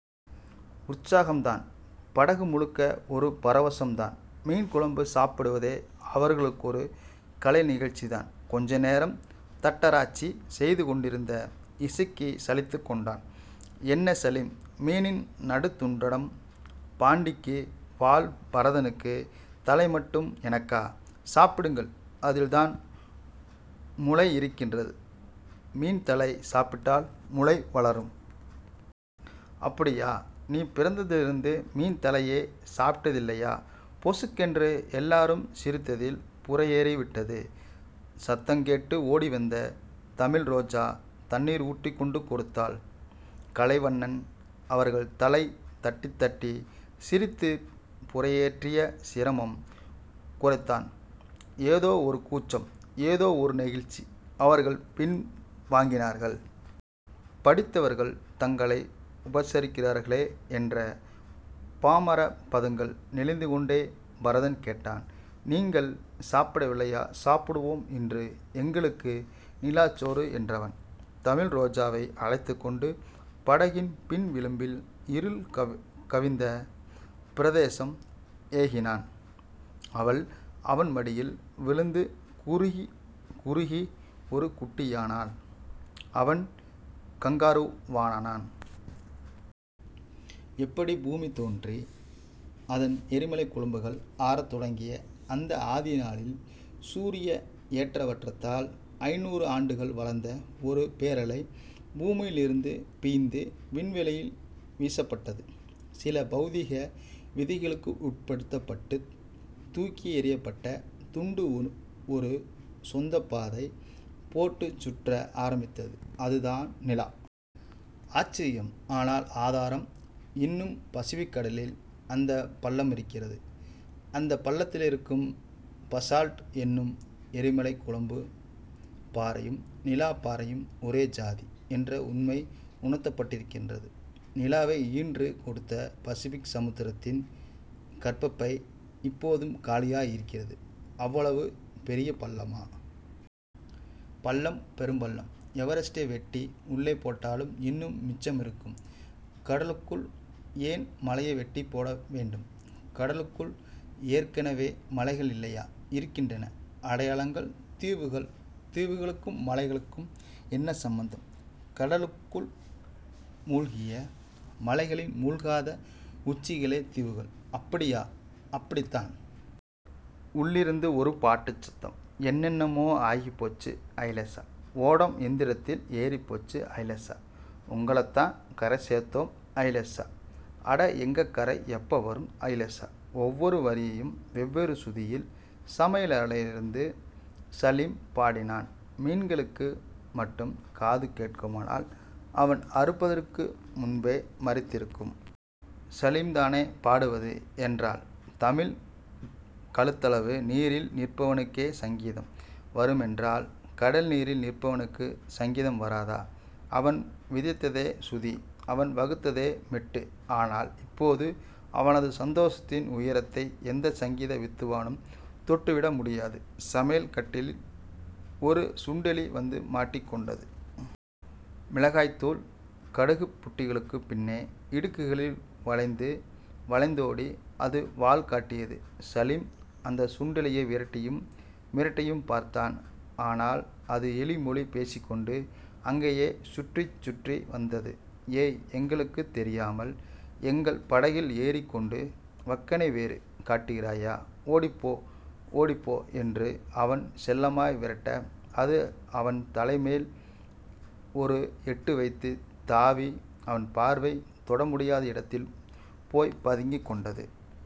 உற்சாகம்தான். படகு முழுக்க ஒரு பரவசம்தான். மீன்குழம்பு சாப்பிடுவதே அவர்களுக்கொரு கலைநிகழ்ச்சிதான். கொஞ்சநேரம் தட்டாராய்ச்சி செய்து கொண்டிருந்த இசக்கி சலித்துக்கொண்டான். என்ன சலீம். மீனின் நடுத்துண்டம் பாண்டிக்கு. வால் பரதனுக்கு. தலை மட்டும் எனக்கா..? சாப்பிடுங்கள். அதில்தான் முளை இருக்கிறது. மீன் தலை சாப்பிட்டால் முளை வளரும்... அப்படியா. நீ பிறந்ததிலிருந்து மீன் தலையே சாப்பிட்டதில்லையா..? பொசுக்கென்று எல்லோரும் சிரித்ததில் புரையேறிவிட்டது. சத்தங்கேட்டு ஓடிவந்த தமிழ்ரோஜா தண்ணீர் ஊற்றிக்கொண்டு கொடுத்தாள். கலைவண்ணன் அவர்கள் தலை தட்டித் தட்டி, சிரித்துப் புரையேற்றிய சிரமம் குறைத்தான். ஏதோ ஒரு கூச்சம். ஏதோ ஒரு நெகிழ்ச்சி. அவர்கள் பின்வாங்கினார்கள். படித்தவர்கள் தங்களை உபசரிக்கிறார்களே என்ற பாமரப் பதுங்கல். நெளிந்துகொண்டே பரதன் கேட்டான். நீங்கள் சாப்பிடவில்லையா..? சாப்பிடுவோம். இன்று எங்களுக்கு நிலாச்சோறு... என்றவன், தமிழ்ரோஜாவை அழைத்துக்கொண்டு படகின் பின்விளிம்பில் இருள் கவிந்த பிரதேசம் ஏகினான். அவள், அவன் மடியில் விழுந்து குறுகிக் குறுகி ஒரு குட்டியானாள். அவன் கங்காருவானான். எப்படி..? பூமி தோன்றி அதன் எரிமலைக் குழம்புகள் ஆறத்தொடங்கிய அந்த ஆதிநாளில் சூரிய ஏற்றவற்றத்தால் ஐந்நூறு ஆண்டுகள் வளர்ந்த ஒரு பேரலை பூமியிலிருந்து பிய்ந்து விண்வெளியில் வீசப்பட்டது. சில பெளதிக விதிகளுக்கு உட்படுத்தபட்டு தூக்கியெறியப்பட்ட துண்டு ஒரு சொந்தப் பாதை போட்டுச் சுற்ற ஆரம்பித்தது. அதுதான் நிலா... ஆச்சரியம். ஆனால் ஆதாரம்..? இன்னும் பசிபிக் கடலில் அந்தப் பள்ளமிருக்கிறது. அந்தப் பள்ளத்திலிருக்கும் பசால்ட் என்னும் எரிமலைக் குழம்புப் பாறையும், நிலாப் பாறையும் ஒரே ஜாதி என்ற உண்மை உணர்த்தப்பட்டிருக்கிறது. நிலாவை ஈன்று கொடுத்த பசிபிக் சமுத்திரத்தின் கர்ப்பப்பை இப்போதும் காலியாயிருக்கிறது... அவ்வளவு பெரிய பள்ளமா..? பள்ளம். பெரும்பள்ளம். எவரெஸட்டை வெட்டி உள்ளே போட்டாலும் இன்னும் மிச்சமிருக்கும்... கடலுக்குள் ஏன் மலையை வெட்டிப் போட வேண்டும். கடலுக்குள் ஏற்கெனவே மலைகள் இல்லையா..? இருக்கின்றன... அடையாளங்கள்..? தீவுகள்... தீவுகளுக்கும் மலைகளுக்கும் என்ன சம்பந்தம்..? கடலுக்குள் முழ்கிய மலைகளின் முழ்காத உச்சிகளே தீவுகள்... அப்படியா..? அப்படித்தான்... உள்ளிருந்து ஒரு பாட்டுச் சத்தம். என்னென்னமோ ஆகிப்போச்சு ஐலசா ஓடம் எந்திரத்தில் ஏறிப்போச்சு ஐலசா... ஒங்களத்தான் கரைசேத்தோம் ஐலசா அட எங்க கரை எப்ப வரும் ஐலசா... ஒவ்வொரு வரியையும் வெவ்வேறு சுதியில் சமையலறையிலிருந்து சலீம் பாடினான். மீன்களுக்கு மட்டும் காது கேட்குமானால் அவன் அறுப்பதற்கு முன்பே மரித்திருக்கும். சலீம்தானே பாடுவது..? என்றாள் தமிழ். கழுத்தளவு நீரில் நிற்பவனுக்கே சங்கீதம் வருமென்றால், கடல்நீரில் நிற்பவனுக்குச் சங்கீதம் வராதா..? அவன் விதித்ததே சுதி. அவன் வகுத்ததே மெட்டு. ஆனால், இப்போது அவனது சந்தோஷத்தின் உயரத்தை எந்தச் சங்கீத வித்வானும் தொட்டுவிட முடியாது... சமையல்கட்டில் ஒரு சுண்டெலி வந்து மாட்டிக் கொண்டது. மிளகாய்த்தூள், கடுகுபுட்டிகளுக்குப் பின்னே இடுக்குகளில் வளைந்து வளைந்தோடி அது வால்காட்டியது. சலீம் அந்தச் சுண்டெலியை விரட்டியும் மிரட்டியும் பார்த்தான். ஆனால், அது எலிமொழி பேசிக்கொண்டு அங்கேயே சுற்றிச்சுற்றி வந்தது. ஏய். எங்களுக்குத் தெரியாமல் எங்கள் படகில் ஏறிக்கொண்டு வக்கணை வேறு காட்டுகிறாயா..? ஓடிப்போ. ஓடிப்போ. என்று அவன் செல்லமாய் விரட்ட, அது அவன் தலைமேல் ஒரு எட்டு வைத்துத் தாவி, அவன் பார்வை தொடமுடியாத இடத்தில் போய்ப் பதுங்கிக்கொண்டது.